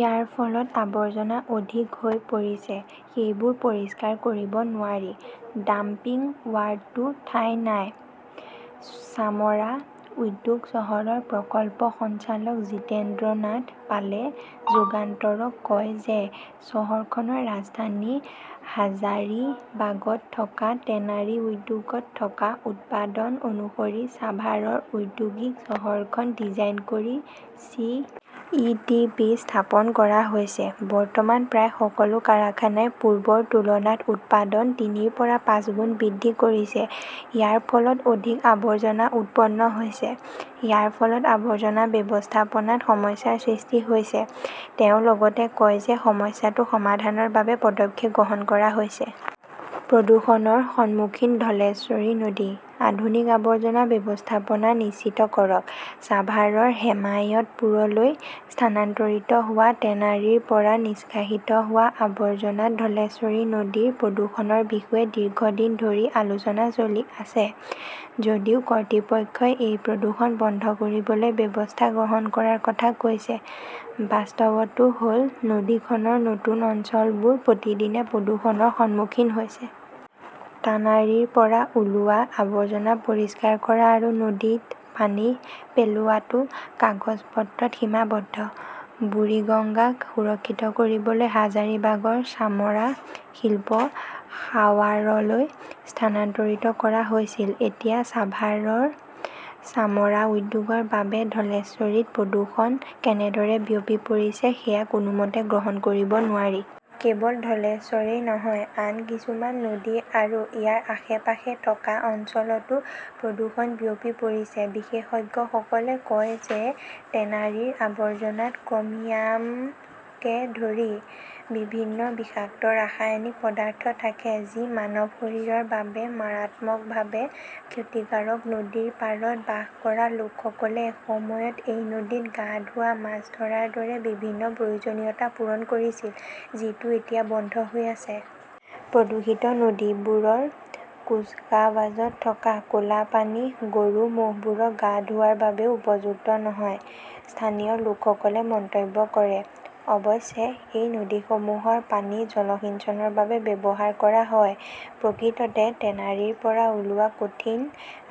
ইয়াৰ ফলত আৱৰ্জনা অধিক হৈ পৰিছে। সেইবোৰ পৰিষ্কাৰ কৰিব নোৱাৰি। ডাম্পিং ৱাৰ্ডতো ঠাই নাই। চামৰা উদ্যোগ চহৰৰ প্ৰকল্প সঞ্চালক জিতেন্দ্ৰ নাথ পালে যুগান্তৰক কয় যে চহৰখনৰ ৰাজধানী হাজাৰিবাগত থকা টেনাৰী উদ্যোগত থকা উৎপাদন অনুসৰি ছাভাৰৰ ঔদ্যোগিক চহৰখন ডিজাইন কৰি চি. ই. টি. পি. স্থাপন কৰা হৈছে। বৰ্তমান প্ৰায় সকলো কাৰখানাই পূৰ্বৰ তুলনাত উৎপাদন তিনিৰ পৰা পাঁচগুণ বৃদ্ধি কৰিছে। ইয়াৰ ফলত অধিক আৱৰ্জনা উৎপন্ন হৈছে। ইয়াৰ ফলত আৱৰ্জনা ব্যৱস্থাপনাত সমস্যাৰ সৃষ্টি হৈছে। তেওঁ লগতে কয় যে সমস্যাটো সমাধানৰ বাবে পদক্ষেপ গ্ৰহণ কৰা হৈছে। প্ৰদূষণৰ সন্মুখীন ধলেশ্বৰী নদী ।আধুনিক আৱৰ্জনা ব্যৱস্থাপনা নিশ্চিত কৰক। ছাভাৰৰ হেমায়তপুৰলৈ স্থানান্তৰিত হোৱা টেনাৰীৰ পৰা নিষ্কাশিত হোৱা আৱৰ্জনাত ধলেশ্বৰী নদীৰ প্ৰদূষণৰ বিষয়ে দীৰ্ঘদিন ধৰি আলোচনা চলি আছে। যদিও কৰ্তৃপক্ষই এই প্ৰদূষণ বন্ধ কৰিবলৈ ব্যৱস্থা গ্ৰহণ কৰাৰ কথা কৈছে, বাস্তৱটো হ'ল নদীখনৰ নতুন অঞ্চলবোৰ প্ৰতিদিনে প্ৰদূষণৰ সন্মুখীন হৈছে। টনাৰীৰ পৰা ওলোৱা আৱৰ্জনা পৰিষ্কাৰ কৰা আৰু নদীত পানী পেলোৱাটো কাগজ-পত্ৰত সীমাবদ্ধ। বুৰিগঙ্গাক সুৰক্ষিত কৰিবলৈ হাজাৰিবাগৰ চামৰা শিল্প সাৱাৰলৈ স্থানান্তৰিত কৰা হৈছিল। এতিয়া ছাভাৰৰ চামৰা উদ্যোগৰ বাবে ধলেশ্বৰীত প্ৰদূষণ কেনেদৰে বিয়পি পৰিছে সেয়া কোনোমতে গ্ৰহণ কৰিব নোৱাৰি। কেৱল ধলেশ্বৰেই নহয়, আন কিছুমান নদী আৰু ইয়াৰ আশে-পাশে থকা অঞ্চলতো প্ৰদূষণ বিয়পি পৰিছে। বিশেষজ্ঞসকলে কয় যে টেনাৰীৰ আৱৰ্জনাত ক্ৰমিয়ামকে ধৰি বিভিন্ন বিষাক্ত ৰাসায়নিক পদাৰ্থ থাকে, যি মানৱ শৰীৰৰ বাবে মাৰাত্মকভাৱে ক্ষতিকাৰক। নদীৰ পাৰত বাস কৰা লোকসকলে এসময়ত এই নদীত গা ধোৱা, মাছ ধৰাৰ দৰে বিভিন্ন প্ৰয়োজনীয়তা পূৰণ কৰিছিল, যিটো এতিয়া বন্ধ হৈ আছে। প্ৰদূষিত নদীবোৰৰ কুচকাৱাজত থকা ক'লা পানী গৰু, ম'হবোৰক গা ধোৱাৰ বাবেও উপযুক্ত নহয়, স্থানীয় লোকসকলে মন্তব্য কৰে। অৱশ্যে এই নদীসমূহৰ পানী জলসিঞ্চনৰ বাবে ব্যৱহাৰ কৰা হয়। প্ৰকৃততে টেনাৰীৰ পৰা ওলোৱা কঠিন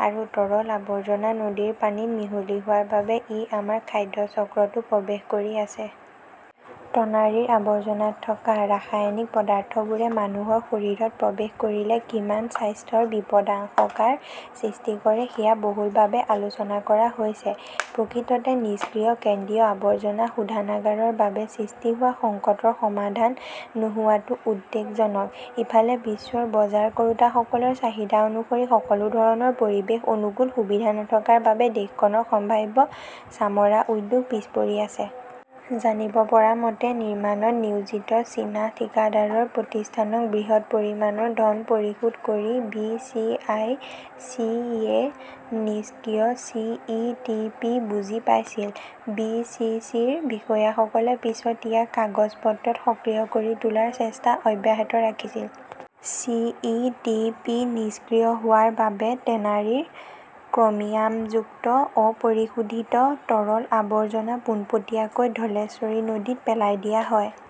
আৰু তৰল আৱৰ্জনা নদীৰ পানীত মিহলি হোৱাৰ বাবে ই আমাৰ খাদ্য চক্ৰতো প্ৰৱেশ কৰি আছে। টনাৰীৰ আৱৰ্জনাত থকা ৰাসায়নিক পদাৰ্থবোৰে মানুহৰ শৰীৰত প্ৰৱেশ কৰিলে কিমান স্বাস্থ্যৰ বিপদাশংকাৰ সৃষ্টি কৰে সেয়া বহুলভাৱে আলোচনা কৰা হৈছে। প্ৰকৃততে নিষ্ক্ৰিয় কেন্দ্ৰীয় আৱৰ্জনা শোধনাগাৰ ৰ বাবে সৃষ্টি হোৱা সংকটৰ সমাধান নোহোৱাটো উদ্বেগজনক। ইফালে বিশ্বৰ বজাৰ কৰোঁতাসকলৰ চাহিদা অনুসৰি সকলো ধৰণৰ পৰিৱেশ অনুকূল সুবিধা নথকাৰ বাবে দেশখনৰ সম্ভাৱ্য চামৰা উদ্যোগ পিছ পৰি আছে। জানিব পৰা মতে, নিৰ্মাণত নিয়োজিত চীনা ঠিকাদাৰ প্ৰতিষ্ঠানক বৃহৎ পৰিমাণৰ ধন পৰিশোধ কৰি বি. চি. আই. চি.য়ে নিষ্ক্ৰিয় চি. ই. টি. পি. বুজি পাইছিল। বি. চি. চি. ৰ বিষয়াসকলে পিছত ইয়াক কাগজ পত্ৰত সক্ৰিয় কৰি তোলাৰ চেষ্টা অব্যাহত ৰাখিছিল। চি. ই. টি. পি. নিষ্ক্ৰিয় হোৱাৰ বাবে টেনাৰীৰ ক্ৰমিয়ামযুক্ত অপৰিশোধিত তৰল আৱৰ্জনা পোনপটীয়াকৈ ধলেশ্বৰী নদীত পেলাই দিয়া হয়